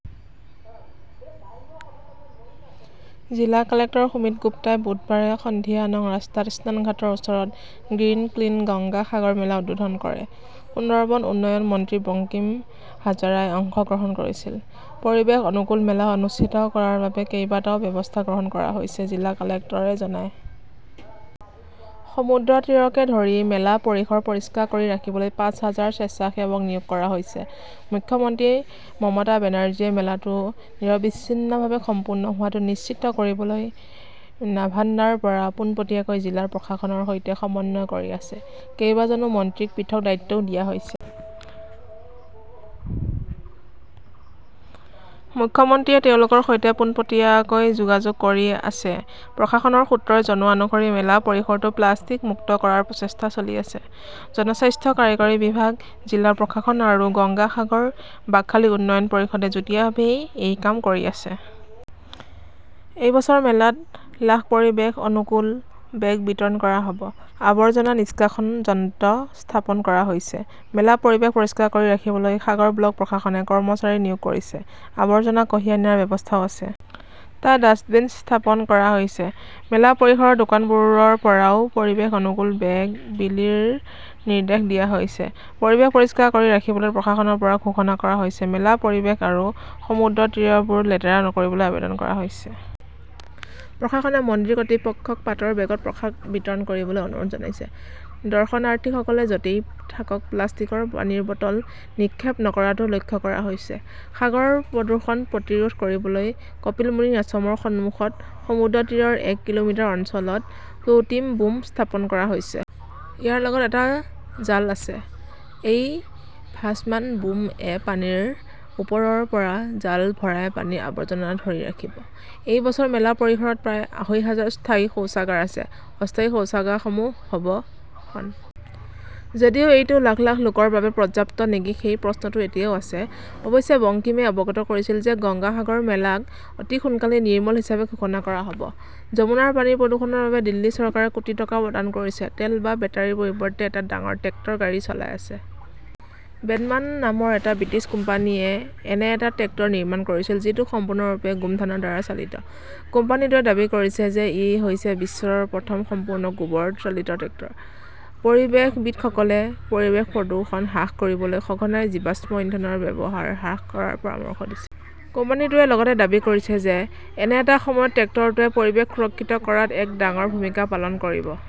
জিলা কালেক্টৰ সুমিত গুপ্তাই বুধবাৰে সন্ধিয়া নং ৰাস্তাত স্নানঘাটৰ ওচৰত 'গ্ৰীণ ক্লিন "গংগা সাগৰ মেলা উদ্বোধন কৰে। সুন্দৰবন উন্নয়ন মন্ত্ৰী বঙ্কিম হাজাৰাই অংশগ্ৰহণ কৰিছিল। পৰিৱেশ-অনুকূল মেলা অনুষ্ঠিত কৰাৰ বাবে কেইবাটাও ব্যৱস্থা গ্ৰহণ কৰা হৈছে, জিলা কালেক্টৰে জনায়। সমুদ্ৰতীৰকে ধৰি মেলা পৰিসৰ পৰিষ্কাৰ কৰি ৰাখিবলৈ পাঁচ হাজাৰ স্বেচ্ছাসেৱক নিয়োগ কৰা হৈছে। মুখ্যমন্ত্ৰী মমতা বেনাৰ্জীয়ে মেলাটো নিৰবিচ্ছিন্নভাৱে সম্পূৰ্ণ হোৱাটো নিশ্চিত কৰিবলৈ নাভান্নাৰ পৰা পোনপটীয়াকৈ জিলা প্ৰশাসনৰ সৈতে সমন্বয় কৰি আছে। কেইবাজনো মন্ত্ৰীক পৃথক দায়িত্বও দিয়া হৈছে। মুখ্যমন্ত্ৰীয়ে তেওঁলোকৰ সৈতে পোনপটীয়াকৈ যোগাযোগ কৰি আছে। প্ৰশাসনৰ সূত্ৰই জনোৱা অনুসৰি মেলা পৰিসৰটো প্লাষ্টিক মুক্ত কৰাৰ প্ৰচেষ্টা চলি আছে। জনস্বাস্থ্য কাৰিকৰী বিভাগ, জিলা প্ৰশাসন আৰু গংগা সাগৰ-বাকখালী উন্নয়ন পৰিষদে যুটীয়াভাৱে এই কাম কৰি আছে। এই বছৰ মেলাত লাখ পৰিৱেশ অনুকূল বেগ বিতৰণ কৰা হ "ব। আৱৰ্জনা নিষ্কাশন যন্ত্ৰ স্থাপন কৰা হৈছে। মেলা পৰিৱেশ পৰিষ্কাৰ কৰি ৰাখিবলৈ সাগৰ ব্লক প্ৰশাসনে কৰ্মচাৰী নিয়োগ কৰিছে। আৱৰ্জনা কঢ়িয়াই নিয়াৰ ব্যৱস্থাও আছে। টা ডাস্টবিন স্থাপন কৰা হৈছে। মেলা পৰিসৰৰ দোকানবোৰৰ পৰাও পৰিৱেশ-অনুকূল বেগ বিলিৰ নিৰ্দেশ দিয়া হৈছে। পৰিৱেশ পৰিষ্কাৰ কৰি ৰাখিবলৈ প্ৰশাসনৰ পৰা ঘোষণা কৰা হৈছে। মেলা পৰিৱেশ আৰু সমুদ্ৰতীৰবোৰ লেতেৰা নকৰিবলৈ আবেদন কৰা হৈছে। প্ৰশাসনে মন্দিৰ কৰ্তৃপক্ষক পাটৰ বেগত প্ৰসাদ বিতৰণ কৰিবলৈ অনুৰোধ জনাইছে। দৰ্শনাৰ্থীসকলে য 'তেই থাকক প্লাষ্টিকৰ পানীৰ বটল নিক্ষেপ নকৰাটোও লক্ষ্য কৰা হৈছে। সাগৰ প্ৰদূষণ প্ৰতিৰোধ কৰিবলৈ কপিলমুনি আশ্ৰমৰ সন্মুখত সমুদ্ৰতীৰৰ এক কিলোমিটাৰ অঞ্চলত 'ফ্লোটিং বুম "স্থাপন কৰা হৈছে। ইয়াৰ লগত এটা জাল আছে। এই ভাসমান 'বুম "-এ পানীৰ ওপৰৰ পৰা জাল ভৰাই পানীৰ আৱৰ্জনা ধৰি ৰাখিব। এই বছৰ মেলা পৰিসৰত প্ৰায় আঢ়ৈ হাজাৰ স্থায়ী শৌচাগাৰ আছে। অস্থায়ী শৌচাগাৰসমূহ হ "ব, খন। যদিও এইটো লাখ লাখ লোকৰ বাবে পৰ্যাপ্ত নেকি সেই প্ৰশ্নটো এতিয়াও আছে। অৱশ্যে, বংকিমে অৱগত কৰিছিল যে গংগা সাগৰ মেলাক অতি সোনকালেই 'নিৰ্মল "হিচাপে ঘোষণা কৰা হ" ব। যমুনাৰ পানীৰ প্ৰদূষণৰ বাবে দিল্লী চৰকাৰে কোটি টকা প্ৰদান কৰিছে তেল বা বেটাৰিৰ পৰিৱৰ্তে এটা ডাঙৰ ট্ৰেক্টৰ গাড়ী চলাই আছে। বেনমান নামৰ এটা ব্ৰিটিছ কোম্পানীয়ে এনে এটা ট্ৰেক্টৰ নিৰ্মাণ কৰিছিল যিটো সম্পূৰ্ণৰূপে গোমধানৰ দ্বাৰা চালিত। কোম্পানীটোৱে দাবী কৰিছে যে ই হৈছে বিশ্বৰ প্ৰথম সম্পূৰ্ণ গোবৰ চালিত ট্ৰেক্টৰ। পৰিৱেশবিদসকলে পৰিৱেশ প্ৰদূষণ হ্ৰাস কৰিবলৈ সঘনাই জীৱাশ্ম ইন্ধনৰ ব্যৱহাৰ হ্ৰাস কৰাৰ পৰামৰ্শ দিছে। কোম্পানীটোৱে লগতে দাবী কৰিছে যে এনে এটা সময়ত ট্ৰেক্টৰটোৱে পৰিৱেশ সুৰক্ষিত কৰাত এক ডাঙৰ ভূমিকা পালন কৰিব